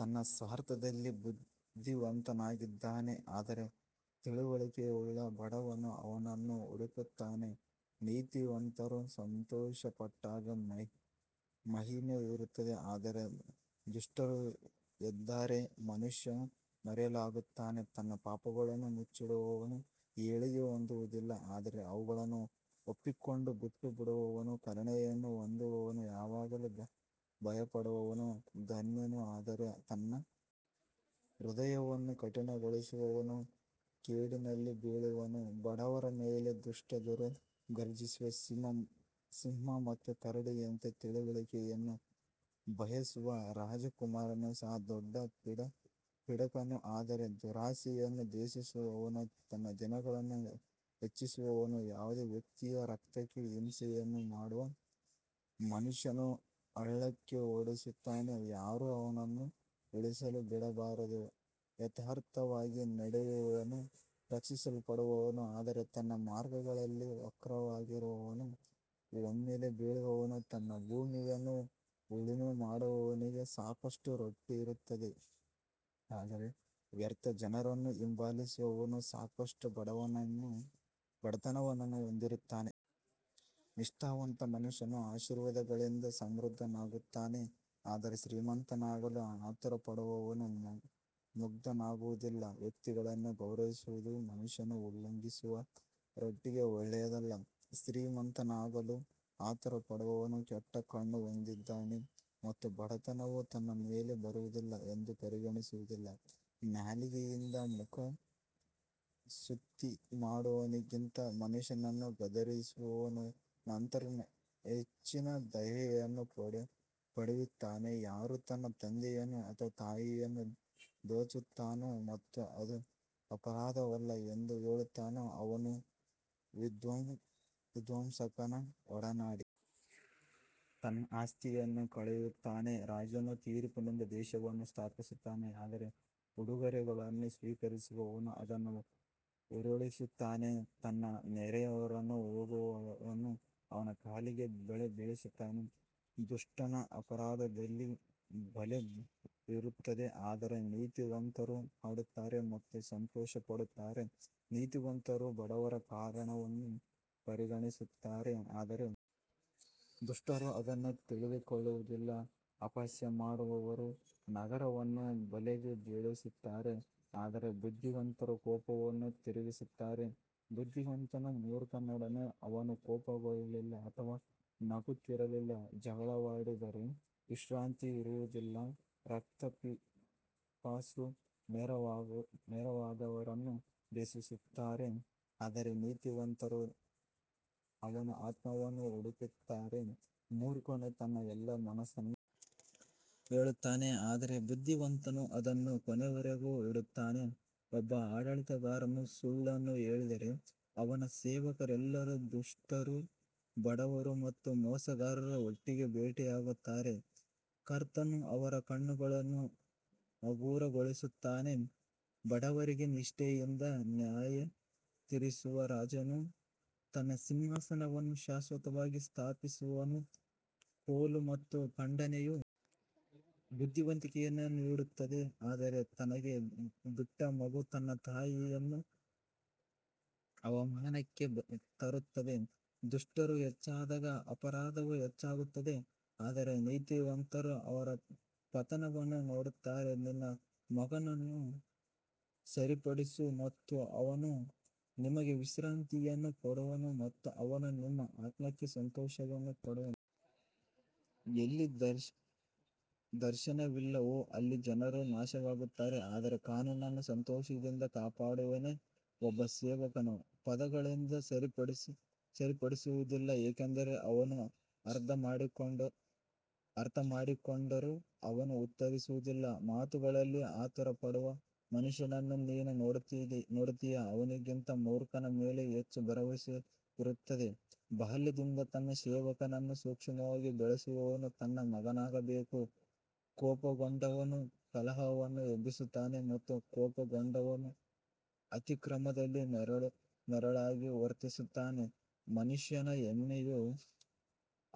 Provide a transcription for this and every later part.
ತನ್ನ ಸ್ವಾರ್ಥದಲ್ಲಿ ಬುದ್ಧಿವಂತನಾಗಿದ್ದಾನೆ ಆದರೆ ತಿಳುವಳಿಕೆಯುಳ್ಳ ಬಡವನು ಅವನನ್ನು ಹುಡುಕುತ್ತಾನೆ ನೀತಿವಂತರು ಸಂತೋಷಪಟ್ಟಾಗ ಮಹಿಮೆ ಇರುತ್ತದೆ ಆದರೆ ದುಷ್ಟರು ಎದ್ದರೆ ಮನುಷ್ಯ ಮರೆಯಾಗುತ್ತಾನೆ ತನ್ನ ಪಾಪಗಳನ್ನು ಮುಚ್ಚಿಡುವವನು ಏಳಿಗೆ ಹೊಂದುವುದಿಲ್ಲ ಆದರೆ ಅವುಗಳನ್ನು ಒಪ್ಪಿಕೊಂಡು ಬಿಟ್ಟುಬಿಡುವವನು ಕರುಣೆಯನ್ನು ಹೊಂದುವನು ಯಾವಾಗಲೂ ಭಯಪಡುವವನು ಧನ್ಯನು ಆದರೆ ತನ್ನ ಹೃದಯವನ್ನು ಕಠಿಣಗೊಳಿಸುವವನು ಕೇಡಿನಲ್ಲಿ ಬೀಳುವನು ಬಡವರ ಮೇಲೆ ದುಷ್ಟ ದೊರೆ ಗರ್ಜಿಸುವ ಸಿಂಹ ಮತ್ತು ಕರಡಿಯಂತೆ ತಿಳುವಳಿಕೆಯನ್ನು ಬಯಸುವ ರಾಜಕುಮಾರನು ಸಹ ದೊಡ್ಡ ಪೀಡಕನು ಆದರೆ ದುರಾಶೆಯನ್ನು ದ್ವೇಷಿಸುವವನು ತನ್ನ ದಿನಗಳನ್ನು ಹೆಚ್ಚಿಸುವನು ಯಾವುದೇ ವ್ಯಕ್ತಿಯ ರಕ್ತಕ್ಕೆ ಹಿಂಸೆಯನ್ನು ಮಾಡುವ ಮನುಷ್ಯನು ಹಳ್ಳಕ್ಕೆ ಓಡಿಹೋಗುತ್ತಾನೆ, ಯಾರೂ ಅವನನ್ನು ಉಳಿಯಲು ಬಿಡಬಾರದು ಯಥಾರ್ಥವಾಗಿ ನಡೆಯುವವನು ರಕ್ಷಿಸಲ್ಪಡುವನು ಆದರೆ ತನ್ನ ಮಾರ್ಗಗಳಲ್ಲಿ ವಕ್ರವಾಗಿರುವವನು ಒಮ್ಮೆಲೇ ಬೀಳುವನು ತನ್ನ ಭೂಮಿಯನ್ನು ಉಳುಮೆ ಮಾಡುವವನಿಗೆ ಸಾಕಷ್ಟು ರೊಟ್ಟಿ ಇರುತ್ತದೆ ಆದರೆ ವ್ಯರ್ಥ ಜನರನ್ನು ಹಿಂಬಾಲಿಸುವವನು ಸಾಕಷ್ಟು ಬಡತನವನ್ನು ಹೊಂದಿರುತ್ತಾನೆ. ನಿಷ್ಠಾವಂತ ಮನುಷ್ಯನು ಆಶೀರ್ವಾದಗಳಿಂದ ಸಮೃದ್ಧನಾಗುತ್ತಾನೆ ಆದರೆ ಶ್ರೀಮಂತನಾಗಲು ಆತುರಪಡುವವನು ಮುಗ್ಧನಾಗುವುದಿಲ್ಲ ವ್ಯಕ್ತಿಗಳನ್ನು ಗೌರವಿಸುವುದು ಮನುಷ್ಯನು ಉಲ್ಲಂಘಿಸುವ ರೊಟ್ಟಿಗೆ ಒಳ್ಳೆಯದಲ್ಲ ಶ್ರೀಮಂತನಾಗಲು ಆತುರಪಡುವವನು ಕೆಟ್ಟ ಕಣ್ಣು ಹೊಂದಿದ್ದಾನೆ ಮತ್ತು ಬಡತನವು ತನ್ನ ಮೇಲೆ ಬರುವುದಿಲ್ಲ ಎಂದು ಪರಿಗಣಿಸುವುದಿಲ್ಲ ನಾಲಿಗೆಯಿಂದ ಮುಖಸ್ತುತಿ ಮಾಡುವವನಿಗಿಂತ ಮನುಷ್ಯನನ್ನು ಗದರಿಸುವವನು ನಂತರ ಹೆಚ್ಚಿನ ದಯೆಯನ್ನು ಪಡೆಯುತ್ತಾನೆ ಯಾರು ತನ್ನ ತಂದೆಯನ್ನು ಅಥವಾ ತಾಯಿಯನ್ನು ದೋಚುತ್ತಾನೋ ಮತ್ತು ಅದು ಅಪರಾಧವಲ್ಲ ಎಂದು ಹೇಳುತ್ತಾನೋ ಅವನು ವಿಧ್ವಂಸಕನ ಒಡನಾಡಿ. ತನ್ನ ಆಸ್ತಿಯನ್ನು ಕಳೆಯುತ್ತಾನೆ ರಾಜನು ತೀರ್ಪಿನಿಂದ ದೇಶವನ್ನು ಸ್ಥಾಪಿಸುತ್ತಾನೆ ಆದರೆ ಉಡುಗೊರೆಗಳನ್ನು ಸ್ವೀಕರಿಸುವವನು ಅದನ್ನು ಉರುಳಿಸುತ್ತಾನೆ ತನ್ನ ನೆರೆಯವರನ್ನು ಹೊಗಳುವವನು ಅವನ ಕಾಲಿಗೆ ಬಲೆ ಬೀಸುತ್ತಾನೆ ದುಷ್ಟನ ಅಪರಾಧದಲ್ಲಿ ಬಲೆ ಇರುತ್ತದೆ ಆದರೆ ನೀತಿವಂತರು ಹಾಡುತ್ತಾರೆ ಮತ್ತು ಸಂತೋಷಪಡುತ್ತಾರೆ ನೀತಿವಂತರು ಬಡವರ ಕಾರಣವನ್ನು ಪರಿಗಣಿಸುತ್ತಾರೆ ಆದರೆ ದುಷ್ಟರು ಅದನ್ನು ತಿಳಿದುಕೊಳ್ಳುವುದಿಲ್ಲ ಅಪಹಾಸ್ಯ ಮಾಡುವವರು ನಗರವನ್ನು ಬಲೆಗೆ ಬೀಳಿಸುತ್ತಾರೆ ಆದರೆ ಬುದ್ಧಿವಂತರು ಕೋಪವನ್ನು ತಿರುಗಿಸುತ್ತಾರೆ ಬುದ್ದಿವಂತನು ಮೂರ್ಖನೊಡನೆ ಅವನು ಕೋಪಗೊಳ್ಳಲಿ ಅಥವಾ ನಗುತ್ತಿರಲಿ ಜಗಳವಾಡಿದರೆ ವಿಶ್ರಾಂತಿ ಇರುವುದಿಲ್ಲ ರಕ್ತಪಿಪಾಸು ನೇರವಾದವರನ್ನು ದ್ವೇಷಿಸುತ್ತಾರೆ ಆದರೆ ನೀತಿವಂತರು ಅವನ ಆತ್ಮವನ್ನು ಹುಡುಕುತ್ತಾರೆ ಮೂರ್ಖನು ತನ್ನ ಎಲ್ಲಾ ಮನಸ್ಸನ್ನು ಹೇಳುತ್ತಾನೆ ಆದರೆ ಬುದ್ಧಿವಂತನು ಅದನ್ನು ಕೊನೆಯವರೆಗೂ ಇಡುತ್ತಾನೆ ಒಬ್ಬ ಆಡಳಿತಗಾರನು ಸುಳ್ಳನ್ನು ಕೇಳಿದರೆ ಅವನ ಸೇವಕರೆಲ್ಲರೂ ದುಷ್ಟರು ಬಡವರು ಮತ್ತು ಮೋಸಗಾರರು ಒಟ್ಟಿಗೆ ಭೇಟಿಯಾಗುತ್ತಾರೆ, ಕರ್ತನು ಅವರ ಕಣ್ಣುಗಳನ್ನು ಹಗುರಗೊಳಿಸುತ್ತಾನೆ ಬಡವರಿಗೆ ನಿಷ್ಠೆಯಿಂದ ನ್ಯಾಯತೀರಿಸುವ ರಾಜನು ತನ್ನ ಸಿಂಹಾಸನವನ್ನು ಶಾಶ್ವತವಾಗಿ ಸ್ಥಾಪಿಸುವನು ಕೋಲು ಮತ್ತು ಖಂಡನೆಯು ಬುದ್ಧಿವಂತಿಕೆಯನ್ನು ನೀಡುತ್ತದೆ ಆದರೆ ತನಗೆ ಬಿಟ್ಟ ಮಗು ತನ್ನ ತಾಯಿಯನ್ನು ಅವಮಾನಕ್ಕೆ ತರುತ್ತದೆ ದುಷ್ಟರು ಹೆಚ್ಚಾದಾಗ ಅಪರಾಧವು ಹೆಚ್ಚಾಗುತ್ತದೆ ಆದರೆ ನೀತಿವಂತರು ಅವರ ಪತನವನ್ನು ನೋಡುತ್ತಾರೆ ನಿನ್ನ ಮಗನನ್ನು ಸರಿಪಡಿಸು ಮತ್ತು ಅವನು ನಿನಗೆ ವಿಶ್ರಾಂತಿಯನ್ನು ಕೊಡುವನು ಮತ್ತು ಅವನು ನಿನ್ನ ಆತ್ಮಕ್ಕೆ ಸಂತೋಷವನ್ನು ಕೊಡುವನು ಎಲ್ಲಿ ದರ್ಶನವಿಲ್ಲವೋ ಅಲ್ಲಿ ಜನರು ನಾಶವಾಗುತ್ತಾರೆ ಆದರೆ ಕಾನೂನನ್ನು ಸಂತೋಷದಿಂದ ಕಾಪಾಡುವವನೇ ಒಬ್ಬ ಸೇವಕನು ಪದಗಳಿಂದ ಸರಿಪಡಿಸಲ್ಪಡುವುದಿಲ್ಲ ಏಕೆಂದರೆ ಅವನು ಅರ್ಥಮಾಡಿಕೊಂಡರೂ ಅವನು ಉತ್ತರಿಸುವುದಿಲ್ಲ ಮಾತುಗಳಲ್ಲಿ ಆತುರಪಡುವ ಮನುಷ್ಯನನ್ನು ನೀನು ನೋಡುತ್ತೀಯಾ, ಅವನಿಗಿಂತ ಮೂರ್ಖನ ಮೇಲೆ ಹೆಚ್ಚು ಭರವಸೆ ಇರುತ್ತದೆ ಬಾಲ್ಯದಿಂದ ತನ್ನ ಸೇವಕನನ್ನು ಸೂಕ್ಷ್ಮವಾಗಿ ಬೆಳೆಸುವವನು ತನ್ನ ಮಗನಾಗಬೇಕು ಕೋಪಗೊಂಡವನು ಕಲಹವನ್ನು ಎಬ್ಬಿಸುತ್ತಾನೆ ಮತ್ತು ಕೋಪಗೊಂಡವನು ಅತಿಕ್ರಮದಲ್ಲಿ ಹೇರಳವಾಗಿ ವರ್ತಿಸುತ್ತಾನೆ ಮನುಷ್ಯನ ಹೆಮ್ಮೆಯು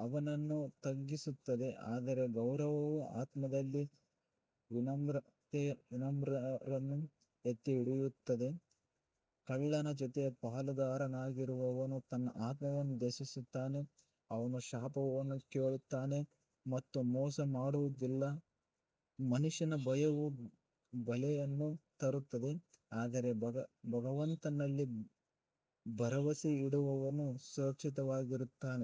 ಅವನನ್ನು ತಗ್ಗಿಸುತ್ತದೆ ಆದರೆ ಗೌರವವು ಆತ್ಮದಲ್ಲಿ ವಿನಮ್ರರನ್ನು ಎತ್ತಿಹಿಡಿಯುತ್ತದೆ ಕಳ್ಳನ ಜೊತೆ ಪಾಲುದಾರನಾಗಿರುವವನು ತನ್ನ ಆತ್ಮವನ್ನು ದ್ವೇಷಿಸುತ್ತಾನೆ, ಅವನು ಶಾಪವನ್ನು ಕೇಳುತ್ತಾನೆ ಮತ್ತು ಮೋಸ ಮಾಡುವುದಿಲ್ಲ ಮನುಷ್ಯನ ಭಯವು ಬಲೆಯನ್ನು ತರುತ್ತದೆ ಆದರೆ ಭಗವಂತನಲ್ಲಿ ಭರವಸೆಯಿಡುವವನು ಸುರಕ್ಷಿತವಾಗಿರುತ್ತಾನೆ.